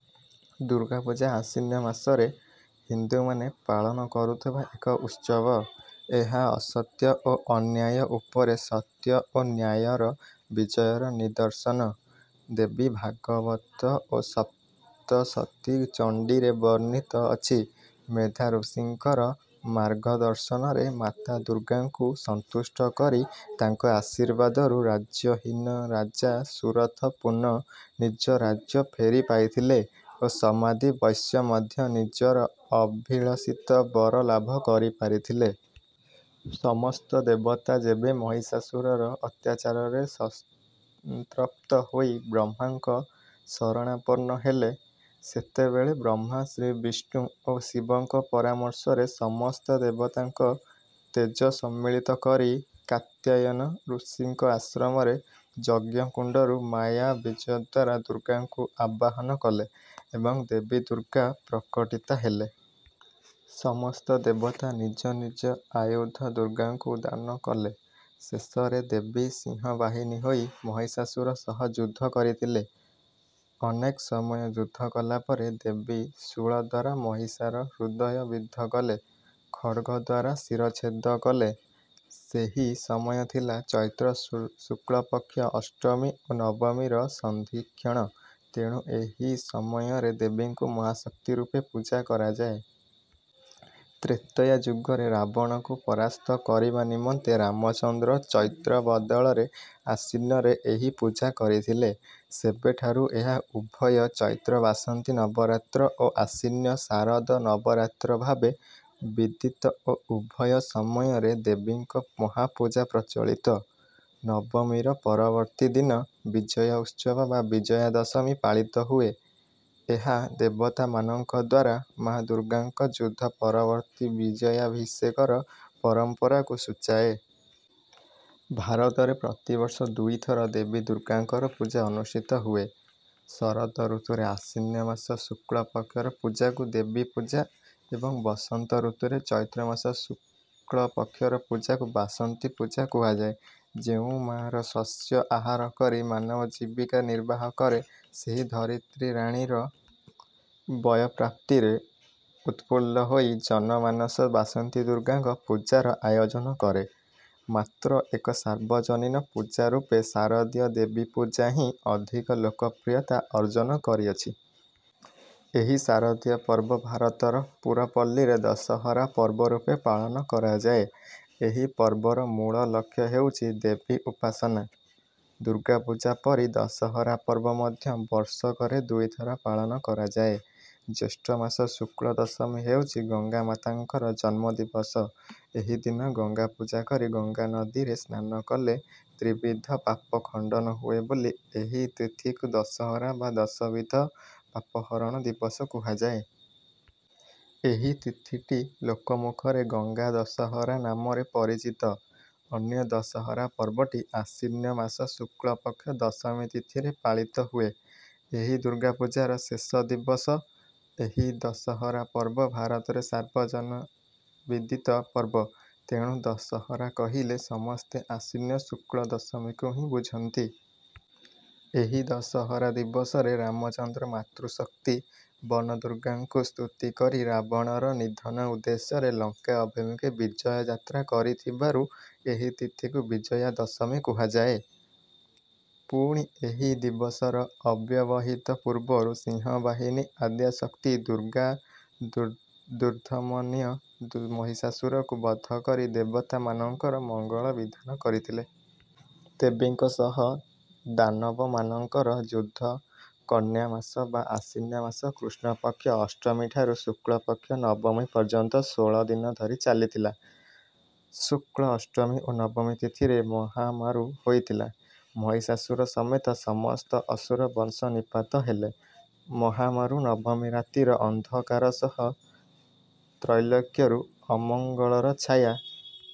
ଦୁର୍ଗା ପୂଜା ଆଶ୍ୱିନ ମାସରେ ହିନ୍ଦୁମାନେ ପାଳନ କରୁଥିବା ଏକ ଉତ୍ସବ। ଏହା ଅସତ୍ୟ ଓ ଅନ୍ୟାୟ ଉପରେ ସତ୍ୟ ଓ ନ୍ୟାୟର ବିଜୟର ନିଦର୍ଶନ। ଦେବୀ ଭାଗବତ ଓ ସପ୍ତଶତୀ ଚଣ୍ଡୀରେ ବର୍ଣ୍ଣିତ ଅଛି ମେଧାଋଷିଙ୍କର ମାର୍ଗ ଦର୍ଶନରେ ମାତା ଦୁର୍ଗାଙ୍କୁ ସନ୍ତୁଷ୍ଟ କରି ତାଙ୍କ ଆଶୀର୍ବାଦରୁ ରାଜ୍ୟହୀନ ରାଜା ସୁରଥ ପୁନଃ ନିଜ ରାଜ୍ୟ ଫେରି ପାଇଥିଲେ ଓ ସମାଧି ବୈଶ୍ୟ ମଧ୍ୟ ନିଜର ଅଭିଳଷିତ ବର ଲାଭ କରି ପାରିଥିଲେ। ସମସ୍ତ ଦେବତା ଯେବେ ମହିଷାସୁରର ଅତ୍ୟାଚାରରେ ସନ୍ତ୍ରପ୍ତ ହୋଇ ବ୍ରହ୍ମାଙ୍କ ଶରଣାପନ୍ନହେଲେ ସେତେବେଳେ ବ୍ରହ୍ମା ଶ୍ରୀବିଷ୍ଣୁ ଓ ଶିବଙ୍କ ପରାମର୍ଶରେ ସମସ୍ତ ଦେବତାଙ୍କ ତେଜ ସମ୍ମିଳିତ କରି କାତ୍ୟାୟନ ଋଷିଙ୍କ ଆଶ୍ରମରେ ଯଜ୍ଞକୁଣ୍ଡରୁ ମାୟା ବୀଜଦ୍ୱାରା ଦୁର୍ଗାଙ୍କୁ ଆବାହନ କଲେ ଏବଂ ଦେବୀ ଦୁର୍ଗା ପ୍ରକଟୀତା ହେଲେ। ସମସ୍ତ ଦେବତା ନିଜ ନିଜ ଆୟୁଧ ଦୁର୍ଗାଙ୍କୁ ଦାନ କଲେଶେଷରେ ଦେବୀ ସିଂହ ବାହିନୀ ହୋଇ ମହିଷାସୁର ସହ ଯୁଦ୍ଧ କରିଥିଲେ। ଅନେକ ସମୟ ଯୁଦ୍ଧ କଲାପରେ ଦେବୀ ଶୂଳଦ୍ୱାରା ମହିଷାର ହୃଦୟ ବିଦ୍ଧ କଲେ ଖଡ୍ଗଦ୍ୱାରା ଶିରଚ୍ଛେଦ କଲେ। ସେହି ସମୟ ଥିଲା ଚୈତ୍ର ଶୁକ୍ଳ ପକ୍ଷ ଅଷ୍ଟମୀ ଓ ନବମୀର ସନ୍ଧିକ୍ଷଣ ତେଣୁ ଏହିସମୟରେ ଦେବୀଙ୍କୁ ମହାଶକ୍ତି ରୂପେ ପୂଜା କରାଯାଏ। ତ୍ରେତୟା ଯୁଗରେ ରାବଣକୁ ପରାସ୍ତ କରିବା ନିମନ୍ତେ ରାମଚନ୍ଦ୍ର ଚୈତ୍ର ବଦଳରେ ଆଶ୍ୱିନରେ ଏହି ପୂଜା କରିଥିଲେ ସେବେଠାରୁ ଏହା ଉଭୟ ଚୈତ୍ର ବାସନ୍ତୀ ନବରାତ୍ର ଓ ଆଶ୍ୱିନ ଶାରଦ ନବରାତ୍ର ଭାବେ ବିଦିତ ଓ ଉଭୟ ସମୟରେ ଦେବୀଙ୍କ ମହାପୂଜା ପ୍ରଚଳିତ। ନବମୀର ପରବର୍ତ୍ତୀ ଦିନ ବିଜୟଉତ୍ସବ ବା ବିଜୟାଦଶମୀ ପାଳିତ ହୁଏଏହା ଦେବତାମାନଙ୍କଦ୍ୱାରା ମା ଦୁର୍ଗାଙ୍କ ଯୁଦ୍ଧ ପରବର୍ତ୍ତୀ ବିଜୟାଭିଷେକର ପରମ୍ପରାକୁ ସୂଚାଏ। ଭାରତରେ ପ୍ରତିବର୍ଷ ଦୁଇଥର ଦେବୀ ଦୁର୍ଗାଙ୍କର ପୂଜା ଅନୁଷ୍ଠିତ ହୁଏ। ଶରତ ଋତୁରେ ଆଶ୍ୱିନ ମାସ ଶୁକ୍ଳ ପକ୍ଷର ପୂଜାକୁ ଦେବୀ ପୂଜା ଏବଂ ବସନ୍ତ ଋତୁରେ ଚୈତ୍ରମାସ ଶୁକ୍ଳ ପକ୍ଷର ପୂଜାକୁ ବାସନ୍ତୀ ପୂଜା କୁହାଯାଏ। ଯେଉଁ ମାର ଶସ୍ୟ ଆହାର କରି ମାନବ ଜୀବିକା ନିର୍ବାହ କରେ ସେହି ଧରିତ୍ରୀ ରାଣୀର ବୟଃପ୍ରାପ୍ତିରେ ଉତ୍ଫୁଲ୍ଲ ହୋଇ ଜନମାନସ ବାସନ୍ତୀ ଦୁର୍ଗାଙ୍କ ପୂଜାର ଆୟୋଜନ କରେ ମାତ୍ର ଏକ ସାର୍ବଜନୀନ ପୂଜା ରୂପେ ଶାରଦୀୟ ଦେବୀପୂଜା ହିଁ ଅଧିକ ଲୋକପ୍ରିୟତା ଅର୍ଜନ କରିଅଛି। ଏହି ଶାରଦୀୟ ପର୍ବ ଭାରତର ପୁରପଲ୍ଲୀରେ ଦଶହରା ପର୍ବରୂପେ ପାଳନ କରାଯାଏ। ଏହି ପର୍ବର ମୂଳ ଲକ୍ଷ୍ୟ ହେଉଛି ଦେବୀ ଉପାସନା। ଦୁର୍ଗାପୂଜା ପରି ଦଶହରା ପର୍ବ ମଧ୍ୟ ବର୍ଷକରେ ଦୁଇଥର ପାଳନ କରାଯାଏ। ଜ୍ୟେଷ୍ଠମାସ ଶୁକ୍ଳଦଶମୀ ହେଉଛି ଗଙ୍ଗାମାତାଙ୍କର ଜନ୍ମଦିବସ ଏହିଦିନ ଗଙ୍ଗାପୂଜା କରି ଗଙ୍ଗାନଦୀରେ ସ୍ନାନ କଲେ ତ୍ରିବିଧ ପାପ ଖଣ୍ଡନ ହୁଏ ବୋଲି ଏହି ତିଥିକୁ ଦଶହରା ବା ଦଶବିଧ ପାପହରଣ ଦିବସ କୁହାଯାଏ। ଏହି ତିଥିଟି ଲୋକମୁଖରେ ଗଙ୍ଗା ଦଶହରା ନାମରେ ପରିଚିତ ଅନ୍ୟ ଦଶହରା ପର୍ବଟି ଆଶ୍ୱିନ ମାସ ଶୁକ୍ଳପକ୍ଷ ଦଶମୀ ତିଥିରେ ପାଳିତ ହୁଏ ଏହି ଦୁର୍ଗାପୂଜାର ଶେଷ ଦିବସ। ଏହି ଦଶହରା ପର୍ବ ଭାରତରେ ସର୍ବଜନବିଦିତ ପର୍ବ। ତେଣୁ ଦଶହରା କହିଲେ ସମସ୍ତେ ଆଶ୍ୱିନ ଶୁକ୍ଳ ଦଶମୀକୁ ହିଁ ବୁଝନ୍ତି। ଏହି ଦଶହରା ଦିବସରେ ରାମଚନ୍ଦ୍ର ମାତୃଶକ୍ତି ବନଦୁର୍ଗାଙ୍କୁ ସ୍ତୁତି କରି ରାବଣର ନିଧନ ଉଦ୍ଦେଶ୍ୟରେ ଲଙ୍କା ଅଭିମୁଖେ ବିଜୟଯାତ୍ରା କରିଥିବାରୁ ଏହି ତିଥିକୁ ବିଜୟା ଦଶମୀ କୁହାଯାଏ। ପୁଣି ଏହି ଦିବସର ଅବ୍ୟବହିତ ପୂର୍ବରୁ ସିଂହବାହିନୀ ଆଦ୍ୟା ଶକ୍ତି ଦୁର୍ଗା ଦୁର୍ଦ୍ଦମନୀୟ ମହିଷାସୁରକୁ ବଧ କରି ଦେବତାମାନଙ୍କର ମଙ୍ଗଳ ବିଧାନ କରିଥିଲେ। ଦେବୀଙ୍କ ସହ ଦାନବମାନଙ୍କର ଯୁଦ୍ଧ କନ୍ୟାମାସ ବା ଆଶ୍ୱିନ ମାସ କୃଷ୍ଣପକ୍ଷ ଅଷ୍ଟମୀଠାରୁ ଶୁକ୍ଳପକ୍ଷ ନବମୀ ପର୍ଯ୍ୟନ୍ତ ଷୋଳଦିନ ଧରି ଚାଲିଥିଲା। ଶୁକ୍ଳ ଅଷ୍ଟମୀ ଓ ନବମୀ ତିଥିରେ ମହାମାରୁ ହୋଇଥିଲା। ମହିଷାସୁର ସମେତ ସମସ୍ତ ଅସୁର ବଂଶ ନିପାତ ହେଲେ। ମହାମାରୁ ନବମୀ ରାତିର ଅନ୍ଧକାର ସହ ତ୍ରୈଲୋକ୍ୟରୁ ଅମଙ୍ଗଳର ଛାୟା